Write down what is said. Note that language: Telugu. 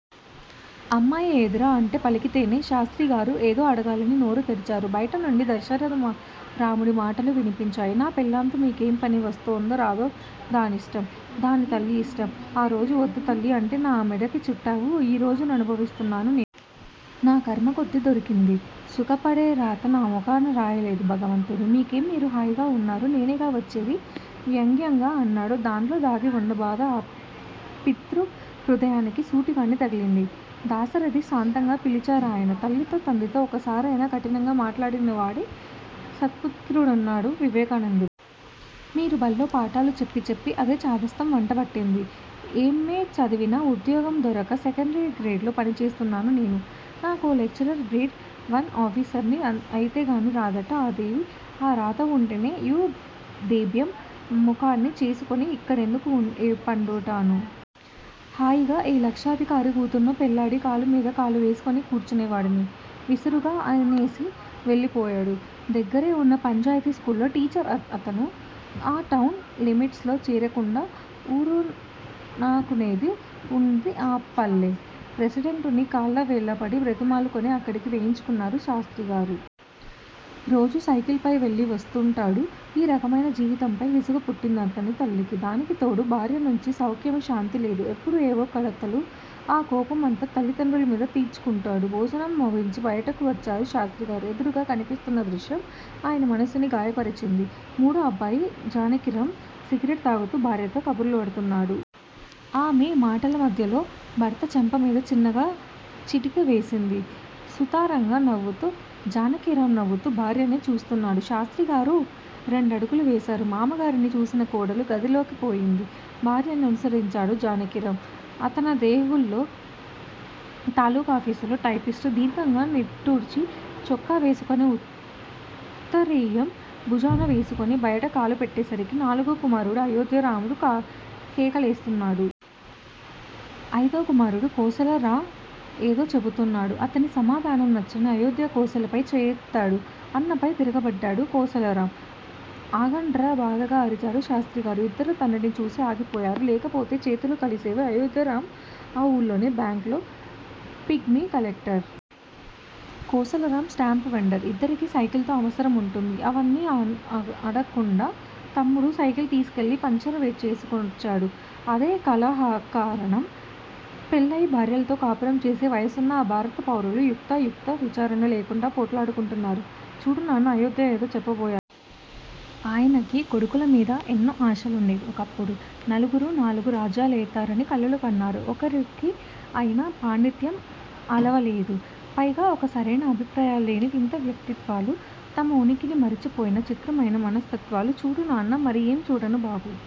అమ్మాయి ఏదిరా అంటే పలికితేనా? శాస్త్రిగారు ఏదో అడగాలని నోరు తెరిచారు. బయటి నుంచి దశరధరాముడి మాటలు వినిపించాయి. నా పెళ్ళాంతో మీకేం పని? వస్తుందో రాదో దానిష్టం, దాని తల్లి యిష్టం. ఆరోజు వద్దు తల్లీ! అంటే నా మెడకి చుట్టావు. ఈరోజు అనుభవిస్తున్నాను నేను. నా ఖర్మకొద్దీ దొరికింది. సుఖపడేరాత నా ముఖాన రాయలేదు భగవంతుడు. మీకేం మీరు హాయిగా వున్నారు. నేనేగా చచ్చేది వ్యంగ్యంగా అన్నాడు. దాంట్లో దాగివున్న బాధ ఆ పితృ హృదయానికి సూటిగానే తగిలింది. దాశరధీ! శాంతంగా పిలిచారాయన. తల్లితో తండ్రితో ఒక్కసారయినా కఠినంగా మాటాడనివాడే సత్పుత్రుడన్నాడు వివేకానందుడు. మీరు బళ్ళో పాఠాలు చెప్పి చెప్పి అదే చాదస్తం వంటబట్టింది. ఎమ్మే చదివినా ఉద్యోగం దొరక్క సెకండరీ గ్రేడ్ లో పనిచేస్తున్నాను నేను. నేను లెక్చరర్నో గ్రేడ్ వన్ ఆఫీసర్నో అయితేగానీ రాదట ఆ దేవి! ఆ రాతవుంటే యీ దేభ్యం ముఖాన్ని చేసుకుని ఇక్కడెందుకు పడుంటాను? హాయిగా ఏ లక్షాధికారి కూతుర్నో పెళ్ళాడి, కాలుమీద కాలు వేసుకుని కూర్చునేవాడ్ని విసురుగా అనేసి వెళ్ళిపోయాడు. దగ్గరేవున్న పంచాయితీ స్కూల్లో టీచర్ అతను. ఆ టౌన్ లిమిట్స్ లో చేరకుండా వూరునానుకునే వుంది ఆ పల్లె. ప్రెసిడెంటుని కాళ్ళా వేళ్ళా పడి బ్రతిమాలుకుని అక్కడికి వేయించారు శాస్త్రిగారు. రోజూ సైకిల్ పై వెళ్ళి వస్తుంటాడు. ఈ రకమైన జీవితంపై విసుగుపుట్టిందతనికి. దానికితోడు భార్యనుంచి సౌఖ్యమూ శాంతీ లేదు. ఎప్పుడూ ఏవో కలతలు. ఆ కోపమంతా తల్లిదండ్రులమీద తీర్చుకుంటుంటాడు. భోజనం ముగించి బయటకు వచ్చారు శాస్త్రిగారు. ఎదురుగా కనిపిస్తున్న దృశ్యం ఆయన మనసుని గాయపరచింది. మూడో అబ్బాయి జానకిరాం సిగరెట్ తాగుతూ భార్యతో కబుర్లాడుతున్నాడు. ఆమె మాటలమధ్యలో భర్త చెంపమీద చిన్నగా చిటికె వేసింది సుతారంగా నవ్వుతూ. జానకిరాం నవ్వుతూ భార్యనే చూస్తున్నాడు. శాస్త్రిగారు రెండడుగులు వేశారు. మామగారిని చూసిన కోడలు గదిలోకెళ్ళిపోయింది. భార్యని అనుసరించాడు జానకిరాం. అతనదేవూళ్ళో తాలూకాఫీసులో టైపిస్టు. దీర్ఘంగా నిట్టూర్చి చొక్కా వేసుకుని, ఉత్తరీయం భుజాన వేసుకుని బయట కాలుపెట్టేసరికి నాలుగో కుమారుడు అయోధ్య రాముడు కేకలేస్తున్నాడు. అయిదో కుమారుడు కోసల రాం ఏదో చెపుతున్నాడు అతని సమాధానం నచ్చని అయోధ్య కోసలపై చేయెత్తాడు. అన్నపై తిరగబడ్డాడు కోసలరాం. ఆగండర్రా బాధగా అరిచారు శాస్త్రిగారు. ఇద్దరూ తండ్రిని చూసి ఆగిపోయారు. లేకపోతే చేతులు కలిసేవే. అయోధ్యరాం ఆ ఊళ్ళోనే బ్యాంక్ లో pigmy collector. Kosalaram stamp vendor. ఇద్దరికి సైకిల్ తో అవసరముంటుంది. అన్నని అడక్కుండా తమ్ముడు సైకిల్ తీసికెళ్ళి పంక్చర్ చేసుకొచ్చాడు. అదే కలహకారణం. పెళ్ళయి భార్యలతో కాపురం చేసే వయసున్న ఆ భారత పౌరులు యుక్తా యుక్త విచక్షణ లేకుండా పోట్లాడుకుంటున్నారు. చూడు నాన్నా అయోధ్య ఏదో చెప్పబోయాడు. ఆయనకి కొడుకుల మీద ఎన్నో ఆశలుండేవి ఒకప్పుడు. నలుగురూ నాలుగు రాజ్యాలేలతారని కలలు కన్నారు. ఒక్కరికీ ఆయన పాండిత్యం అలవడలేదు. పైగా ఒక సరైన అభిప్రాయాలు లేని వింత వ్యక్తిత్వాలు! తమ ఉనికిని మరిచిపోయిన చిత్రమైన మనస్తత్వాలు. చూడు నాన్నా మరి ఏం చూడను బాబూ!